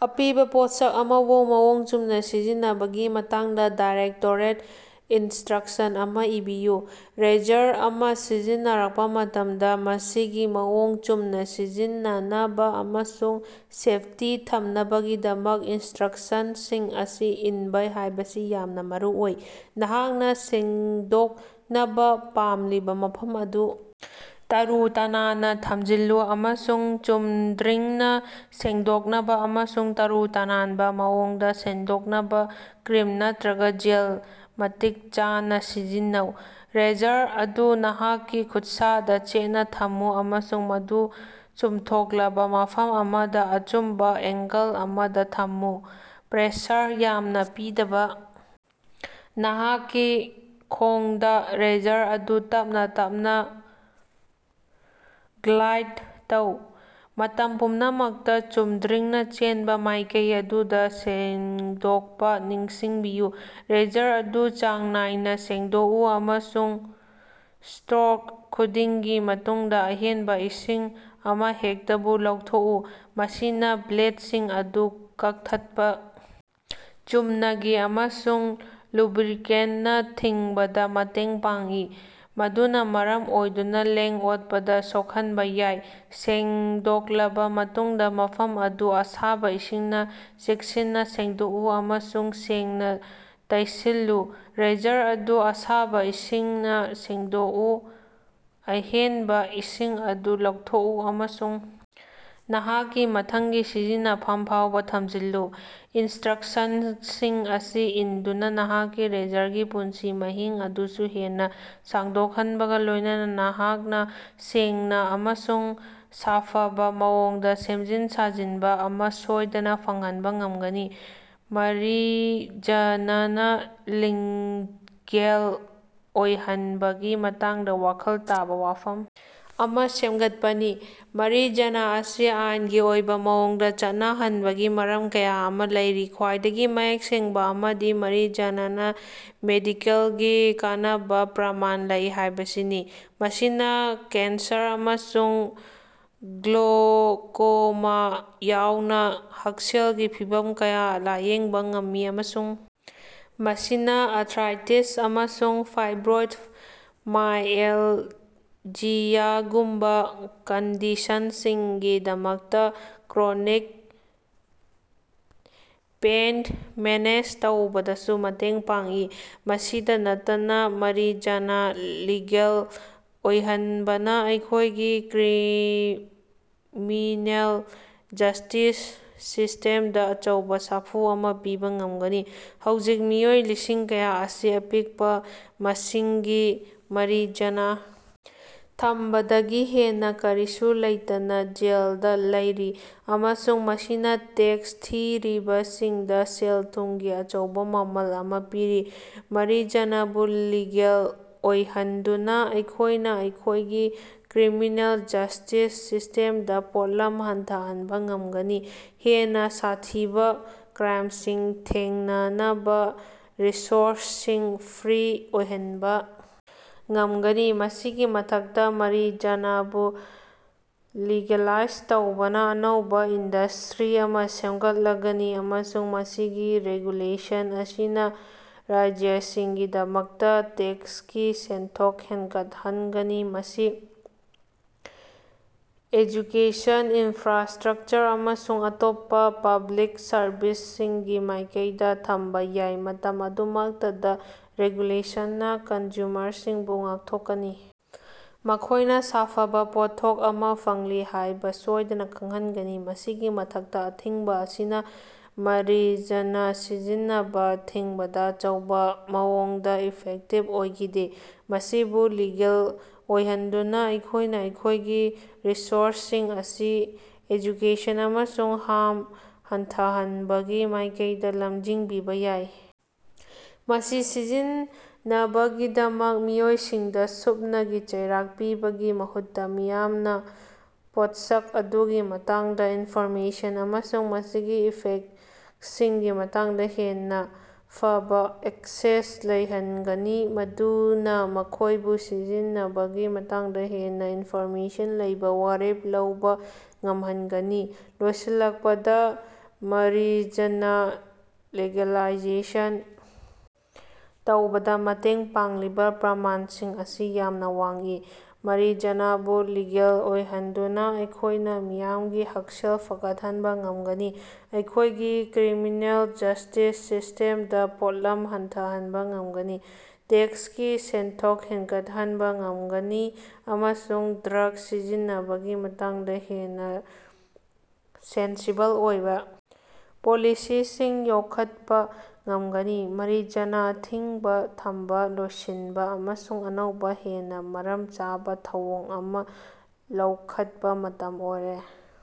ꯑꯄꯤꯕꯥ ꯄꯣꯠꯁꯛ ꯑꯃꯕꯨ ꯃꯑꯣꯡ ꯆꯨꯝꯅꯥ ꯁꯤꯖꯤꯟꯅꯕꯒꯤ ꯃꯇꯥꯡꯗꯥ ꯗꯥꯏꯔꯦꯛꯇꯣꯔꯦꯠ ꯏꯟꯁꯇ꯭ꯔꯛꯁꯟ ꯑꯃꯥ ꯏꯕꯤꯌꯨ꯫ ꯔꯦꯖꯔ ꯑꯃꯥ ꯁꯤꯖꯤꯟꯅꯔꯛꯄꯥ ꯃꯇꯝꯗꯥ, ꯃꯁꯤꯒꯤ ꯃꯑꯣꯡ ꯆꯨꯝꯅꯥ ꯁꯤꯖꯤꯟꯅꯅꯕꯥ ꯑꯃꯁꯨꯡ ꯁꯦꯞꯇꯤ ꯊꯝꯅꯕꯒꯤꯗꯃꯛ ꯏꯟꯁꯇ꯭ꯔꯛꯁꯟꯁꯤꯡ ꯑꯁꯤ ꯏꯟꯕꯥ ꯍꯥꯏꯕꯁꯤ ꯌꯥꯝꯅꯥ ꯃꯔꯨꯑꯣꯏ꯫ ꯅꯍꯥꯛꯅꯥ ꯁꯦꯡꯗꯣꯛꯅꯕꯥ ꯄꯥꯝꯂꯤꯕꯥ ꯃꯐꯝ ꯑꯗꯨ ꯇꯔꯨ-ꯇꯅꯥꯟꯅꯥ ꯊꯝꯖꯤꯜꯂꯨ ꯑꯃꯁꯨꯡ ꯆꯨꯝꯗ꯭ꯔꯤꯡꯅꯥ ꯁꯦꯡꯗꯣꯛꯅꯕꯥ ꯑꯃꯁꯨꯡ ꯇꯔꯨ-ꯇꯅꯥꯟꯕꯥ ꯃꯑꯣꯡꯗꯥ ꯁꯦꯡꯗꯣꯛꯅꯕꯥ ꯀ꯭ꯔꯤꯝ ꯅꯠꯇ꯭ꯔꯒꯥ ꯖꯦꯜ ꯃꯇꯤꯛ ꯆꯥꯅꯥ ꯁꯤꯖꯤꯟꯅꯧ꯫ ꯔꯦꯖꯔ ꯑꯗꯨ ꯅꯍꯥꯛꯀꯤ ꯈꯨꯠꯁꯥꯗꯥ ꯆꯦꯠꯅꯥ ꯊꯝꯃꯨ ꯑꯃꯁꯨꯡ ꯃꯗꯨ ꯆꯨꯝꯊꯣꯛꯂꯕꯥ ꯃꯐꯝ ꯑꯃꯗꯥ ꯑꯆꯨꯝꯕꯥ ꯑꯦꯡꯒꯜ ꯑꯃꯗꯥ ꯊꯝꯃꯨ꯫ ꯄ꯭ꯔꯦꯁꯔ ꯌꯥꯝꯅꯥ ꯄꯤꯗꯅꯥ ꯅꯍꯥꯛꯀꯤ ꯈꯣꯡꯗꯥ ꯔꯦꯖꯔ ꯑꯗꯨ ꯇꯞꯅꯥ ꯇꯞꯅꯥ ꯒ꯭ꯂꯥꯏꯗ ꯇꯧ꯫ ꯃꯇꯝ ꯄꯨꯝꯅꯃꯛꯇꯥ ꯆꯨꯝꯗ꯭ꯔꯤꯡꯅꯥ ꯆꯦꯟꯕꯥ ꯃꯥꯏꯀꯩ ꯑꯗꯨꯗꯥ ꯁꯦꯡꯗꯣꯛꯄꯥ ꯅꯤꯡꯁꯤꯡꯕꯤꯌꯨ꯫ ꯔꯦꯖꯔ ꯑꯗꯨ ꯆꯥꯡ ꯅꯥꯏꯅꯥ ꯁꯦꯡꯗꯣꯛꯎ ꯑꯃꯁꯨꯡ ꯁ꯭ꯇꯔꯣꯛ ꯈꯨꯗꯤꯡꯒꯤ ꯃꯇꯨꯡꯗꯥ ꯑꯍꯦꯟꯕꯥ ꯏꯁꯤꯡ ꯑꯃꯍꯦꯛꯇꯕꯨ ꯂꯧꯊꯣꯛꯎ꯫ ꯃꯁꯤꯅꯥ ꯕ꯭ꯂꯦꯠꯁꯤꯡ ꯑꯗꯨ ꯀꯛꯊꯠꯄꯥ ꯆꯨꯝꯅꯒꯤ ꯑꯃꯁꯨꯡ ꯂꯨꯕ꯭ꯔꯤꯀꯦꯟꯅꯥ ꯊꯤꯡꯕꯗꯥ ꯃꯇꯦꯡ ꯄꯥꯡꯏ, ꯃꯗꯨꯅꯥ ꯃꯔꯝ ꯑꯣꯏꯗꯨꯅꯥ ꯂꯦꯡ-ꯑꯣꯠꯄꯗꯥ ꯁꯣꯛꯍꯟꯕꯥ ꯌꯥꯏ꯫ ꯁꯦꯡꯗꯣꯛꯂꯕꯥ ꯃꯇꯨꯡꯗꯥ, ꯃꯐꯝ ꯑꯗꯨ ꯑꯁꯥꯕꯥ ꯏꯁꯤꯡꯅꯥ ꯆꯦꯛꯁꯤꯟꯅꯥ ꯁꯦꯡꯗꯣꯛꯎ ꯑꯃꯁꯨꯡ ꯁꯦꯡꯅꯥ ꯇꯩꯁꯤꯜꯂꯨ꯫ ꯔꯦꯖꯔ ꯑꯗꯨ ꯑꯁꯥꯕꯥ ꯏꯁꯤꯡꯅꯥ ꯁꯦꯡꯗꯣꯛꯎ, ꯑꯍꯦꯟꯕꯥ ꯏꯁꯤꯡ ꯑꯗꯨ ꯂꯧꯊꯣꯛꯎ ꯑꯃꯁꯨꯡ ꯅꯍꯥꯛꯀꯤ ꯃꯊꯪꯒꯤ ꯁꯤꯖꯤꯟꯅꯐꯝ ꯐꯥꯎꯕꯥ ꯊꯝꯖꯤꯜꯂꯨ꯫ ꯏꯟꯁꯇ꯭ꯔꯛꯁꯟꯁꯤꯡ ꯑꯁꯤ ꯏꯟꯗꯨꯅꯥ, ꯅꯍꯥꯛꯀꯤ ꯔꯦꯖꯔꯒꯤ ꯄꯨꯟꯁꯤ ꯃꯍꯤꯡ ꯑꯗꯨꯁꯨ ꯍꯦꯟꯅꯥ ꯁꯥꯡꯗꯣꯛꯍꯟꯕꯒꯥ ꯂꯣꯏꯅꯅꯥ ꯅꯍꯥꯛꯅꯥ ꯁꯦꯡꯅꯥ ꯑꯃꯁꯨꯡ ꯁꯥꯐꯕꯥ ꯃꯑꯣꯡꯗꯥ ꯁꯦꯝꯖꯤꯟ-ꯁꯥꯖꯤꯟꯕꯥ ꯑꯃꯥ ꯁꯣꯏꯗꯅꯥ ꯐꯪꯍꯟꯕꯥ ꯉꯝꯒꯅꯤ꯫ ꯃꯔꯤꯖꯅꯥꯅ ꯂꯤꯒꯦꯜ ꯑꯣꯏꯍꯟꯕꯒꯤ ꯃꯇꯥꯡꯗꯥ ꯋꯥꯈꯜ ꯇꯥꯕꯥ ꯋꯥꯐꯝ ꯑꯃꯥ ꯁꯦꯝꯒꯠꯄꯥꯅꯤ꯫ ꯃꯔꯤꯖꯅꯥ ꯑꯁꯤ ꯑꯥꯏꯟꯒꯤ ꯑꯣꯏꯕꯥ ꯃꯑꯣꯡꯗꯥ ꯆꯠꯅꯍꯟꯕꯒꯤ ꯃꯔꯝ ꯀꯌꯥ ꯑꯃꯥ ꯂꯩꯔꯤ꯫ ꯈ꯭ꯋꯥꯏꯗꯒꯤ ꯃꯌꯦꯛ ꯁꯦꯡꯕꯥ ꯑꯃꯗꯤ ꯃꯔꯤꯖꯅꯥꯅ ꯃꯦꯗꯤꯀꯦꯜꯒꯤ ꯀꯥꯟꯅꯕꯥ ꯄ꯭ꯔꯃꯥꯟ ꯂꯩ ꯍꯥꯏꯕꯁꯤꯅꯤ: ꯃꯁꯤꯅꯥ ꯀꯦꯟꯁꯔ ꯑꯃꯁꯨꯡ ꯒ꯭ꯂꯣꯀꯣꯃꯥ ꯌꯥꯎꯅꯥ ꯍꯛꯁꯦꯜꯒꯤ ꯐꯤꯚꯝ ꯀꯌꯥ ꯂꯥꯌꯦꯡꯕꯥ ꯉꯝꯃꯤ ꯑꯃꯁꯨꯡ ꯃꯁꯤꯅꯥ ꯑꯔꯊ꯭ꯔꯥꯏꯇꯤꯁ ꯑꯃꯁꯨꯡ ꯐꯥꯏꯕ꯭ꯔꯣꯃꯥꯏꯑꯦꯜꯖꯤꯌꯥꯒꯨꯝꯕꯥ ꯀꯟꯗꯤꯁꯟꯁꯤꯡꯒꯤꯗꯃꯛꯇꯥ ꯀ꯭ꯔꯣꯅꯤꯛ ꯄꯦꯏꯟ ꯃꯦꯅꯦꯖ ꯇꯧꯕꯗꯁꯨ ꯃꯇꯦꯡ ꯄꯥꯡꯏ꯫ ꯃꯁꯤꯗꯥ ꯅꯠꯇꯅꯥ, ꯃꯔꯤꯖꯅꯥ ꯂꯤꯒꯦꯜ ꯑꯣꯏꯍꯟꯕꯅꯥ ꯑꯩꯈꯣꯏꯒꯤ ꯀ꯭ꯔꯤꯃꯤꯅꯦꯜ ꯖꯁꯇꯤꯁ ꯁꯤꯁꯇꯦꯝꯗꯥ ꯑꯆꯧꯕꯥ ꯁꯥꯐꯨ ꯑꯃꯥ ꯄꯤꯕꯥ ꯉꯝꯒꯅꯤ꯫ ꯍꯧꯖꯤꯛ ꯃꯤꯑꯣꯏ ꯂꯤꯁꯤꯡ ꯀꯌꯥ ꯑꯁꯤ ꯑꯄꯤꯛꯄꯥ ꯃꯁꯤꯡꯒꯤ ꯃꯔꯤꯖꯅꯥ ꯊꯝꯕꯗꯒꯤ ꯍꯦꯟꯅꯥ ꯀꯔꯤꯁꯨ ꯂꯩꯇꯅꯥ ꯖꯦꯜꯗꯥ ꯂꯩꯔꯤ ꯑꯃꯁꯨꯡ ꯃꯁꯤꯅꯥ ꯇꯦꯛꯁ ꯊꯤꯔꯤꯕꯁꯤꯡꯗꯥ ꯁꯦꯜ-ꯊꯨꯝꯒꯤ ꯑꯆꯧꯕꯥ ꯃꯃꯜ ꯑꯃꯥ ꯄꯤꯔꯤ꯫ ꯃꯔꯤꯖꯅꯥꯕꯨ ꯂꯤꯒꯦꯜ ꯑꯣꯏꯍꯟꯗꯨꯅꯥ ꯑꯩꯈꯣꯏꯅꯥ ꯑꯩꯈꯣꯏꯒꯤ ꯀ꯭ꯔꯤꯃꯤꯅꯦꯜ ꯖꯁꯇꯤꯁ ꯁꯤꯁꯇꯦꯝꯗꯥ ꯄꯣꯠꯂꯨꯝ ꯍꯟꯊꯍꯟꯕꯥ ꯉꯝꯒꯅꯤ, ꯍꯦꯟꯅꯥ ꯁꯥꯊꯤꯕꯥ ꯀ꯭ꯔꯥꯏꯝꯁꯤꯡ ꯊꯦꯡꯅꯅꯕꯥ ꯔꯤꯁꯣꯔꯁꯁꯤꯡ ꯐ꯭ꯔꯤ ꯑꯣꯏꯍꯟꯕꯥ ꯉꯝꯒꯅꯤ꯫ ꯃꯁꯤꯒꯤ ꯃꯊꯛꯇꯥ, ꯃꯔꯤꯖꯅꯥꯕꯨ ꯂꯤꯒꯦꯂꯥꯏꯖ ꯇꯧꯕꯅꯥ ꯑꯅꯧꯕꯥ ꯏꯟꯗꯁꯇ꯭ꯔꯤ ꯑꯃꯥ ꯁꯦꯝꯒꯠꯂꯒꯅꯤ ꯑꯃꯁꯨꯡ ꯃꯁꯤꯒꯤ ꯔꯦꯒꯨꯂꯦꯁꯟ ꯑꯁꯤꯅꯥ ꯔꯥꯖ꯭ꯌꯁꯤꯡꯒꯤꯗꯃꯛꯇꯥ ꯇꯦꯛꯁꯀꯤ ꯁꯦꯟꯊꯣꯛ ꯍꯦꯟꯒꯠꯍꯟꯒꯅꯤ꯫ ꯃꯁꯤ ꯑꯦꯖꯨꯀꯦꯁꯟ, ꯏꯅꯐ꯭ꯔꯥꯁꯇ꯭ꯔꯛꯆꯔ ꯑꯃꯁꯨꯡ ꯑꯇꯣꯞꯄꯥ ꯄꯕ꯭ꯂꯤꯛ ꯁꯔꯕꯤꯁꯁꯤꯡꯒꯤ ꯃꯥꯏꯀꯩꯗꯥ ꯊꯝꯕꯥ ꯌꯥꯏ꯫ ꯃꯇꯝ ꯑꯗꯨꯃꯛꯇꯗꯥ, ꯔꯦꯒꯨꯂꯦꯁꯟꯅꯥ ꯀꯟꯖꯨꯃꯔꯁꯤꯡꯕꯨ ꯉꯥꯛꯊꯣꯛꯀꯅꯤ, ꯃꯈꯣꯏꯅꯥ ꯁꯥꯐꯕꯥ ꯄꯣꯠꯊꯣꯛ ꯑꯃꯥ ꯐꯪꯂꯤ ꯍꯥꯏꯕꯥ ꯁꯣꯏꯗꯅꯥ ꯈꯪꯍꯟꯒꯅꯤ꯫ ꯃꯁꯤꯒꯤ ꯃꯊꯛꯇꯥ, ꯑꯊꯤꯡꯕꯥ ꯑꯁꯤꯅꯥ ꯃꯔꯤꯖꯅꯥ ꯁꯤꯖꯤꯟꯅꯕꯥ ꯊꯤꯡꯕꯗꯥ ꯑꯆꯧꯕꯥ ꯃꯑꯣꯡꯗꯥ ꯏꯐꯦꯛꯇꯤꯕ ꯑꯣꯏꯈꯤꯗꯦ꯫ ꯃꯁꯤꯕꯨ ꯂꯤꯒꯦꯜ ꯑꯣꯏꯍꯟꯗꯨꯅꯥ ꯑꯩꯈꯣꯏꯅꯥ ꯑꯩꯈꯣꯏꯒꯤ ꯔꯤꯁꯣꯔꯁꯁꯤꯡ ꯑꯁꯤ ꯑꯦꯖꯨꯀꯦꯁꯟ ꯑꯃꯁꯨꯡ ꯍꯥꯝ ꯍꯟꯊꯍꯟꯕꯒꯤ ꯃꯥꯏꯀꯩꯗꯥ ꯂꯝꯖꯤꯡꯕꯤꯕꯥ ꯌꯥꯏ, ꯃꯁꯤ ꯁꯤꯖꯤꯟꯅꯕꯒꯤꯗꯃꯛ ꯃꯤꯑꯣꯏꯁꯤꯡꯗꯥ ꯁꯨꯞꯅꯒꯤ ꯆꯩꯔꯥꯛ ꯄꯤꯕꯒꯤ ꯃꯍꯨꯠꯇꯥ, ꯃꯤꯌꯥꯝꯅꯥ ꯄꯣꯠꯁꯛ ꯑꯗꯨꯒꯤ ꯃꯇꯥꯡꯗꯥ ꯏꯟꯐꯣꯔꯃꯦꯁꯟ ꯑꯃꯁꯨꯡ ꯃꯁꯤꯒꯤ ꯏꯐꯦꯛꯁꯤꯡꯒꯤ ꯃꯇꯥꯡꯗꯥ ꯍꯦꯟꯅꯥ ꯐꯕꯥ ꯑꯦꯛꯁꯦꯁ ꯂꯩꯍꯟꯒꯅꯤ, ꯃꯗꯨꯅꯥ ꯃꯈꯣꯏꯕꯨ ꯁꯤꯖꯤꯟꯅꯕꯒꯤ ꯃꯇꯥꯡꯗꯥ ꯍꯦꯟꯅꯥ ꯏꯟꯐꯣꯔꯃꯦꯁꯟ ꯂꯩꯕꯥ ꯋꯥꯔꯦꯞ ꯂꯧꯕꯥ ꯉꯝꯍꯟꯒꯅꯤ꯫ ꯂꯣꯏꯁꯤꯜꯂꯛꯄꯗꯥ, ꯃꯔꯤꯖꯅꯥ ꯂꯤꯒꯦꯂꯥꯏꯖꯦꯁꯟ ꯇꯧꯕꯗꯥ ꯃꯇꯦꯡ ꯄꯥꯡꯂꯤꯕꯥ ꯄ꯭ꯔꯃꯥꯟꯁꯤꯡ ꯑꯁꯤ ꯌꯥꯝꯅꯥ ꯋꯥꯡꯏ꯫ ꯃꯔꯤꯖꯅꯥꯕꯨ ꯂꯤꯒꯦꯜ ꯑꯣꯏꯍꯟꯗꯨꯅꯥ ꯑꯩꯈꯣꯏꯅꯥ ꯃꯤꯌꯥꯝꯒꯤ ꯍꯛꯁꯦꯜ ꯐꯒꯠꯍꯟꯕꯥ ꯉꯝꯒꯅꯤ, ꯑꯩꯈꯣꯏꯒꯤ ꯀ꯭ꯔꯤꯃꯤꯅꯦꯜ ꯖꯁꯇꯤꯁ ꯁꯤꯁꯇꯦꯝꯗꯥ ꯄꯣꯠꯂꯨꯝ ꯍꯟꯊꯍꯟꯕꯥ ꯉꯝꯒꯅꯤ, ꯇꯦꯛꯁꯀꯤ ꯁꯦꯟꯊꯣꯛ ꯍꯦꯟꯒꯠꯍꯟꯕꯥ ꯉꯝꯒꯅꯤ ꯑꯃꯁꯨꯡ ꯗ꯭ꯔꯒ ꯁꯤꯖꯤꯟꯅꯕꯒꯤ ꯃꯇꯥꯡꯗꯥ ꯍꯦꯟꯅꯥ ꯁꯦꯟꯁꯤꯕꯜ ꯑꯣꯏꯕꯥ ꯄꯣꯂꯤꯁꯤꯁꯤꯡ ꯌꯣꯛꯈꯠꯄꯥ ꯉꯝꯒꯅꯤ꯫ ꯃꯔꯤꯖꯅꯥ ꯑꯊꯤꯡꯕꯥ ꯊꯝꯕꯥ ꯂꯣꯏꯁꯤꯟꯕꯥ ꯑꯃꯁꯨꯡ ꯑꯅꯧꯕꯥ ꯍꯦꯟꯅꯥ ꯃꯔꯝ ꯆꯥꯕꯥ ꯊꯧꯑꯣꯡ ꯑꯃꯥ ꯂꯧꯈꯠꯄꯥ ꯃꯇꯝ ꯑꯣꯏꯔꯦ꯫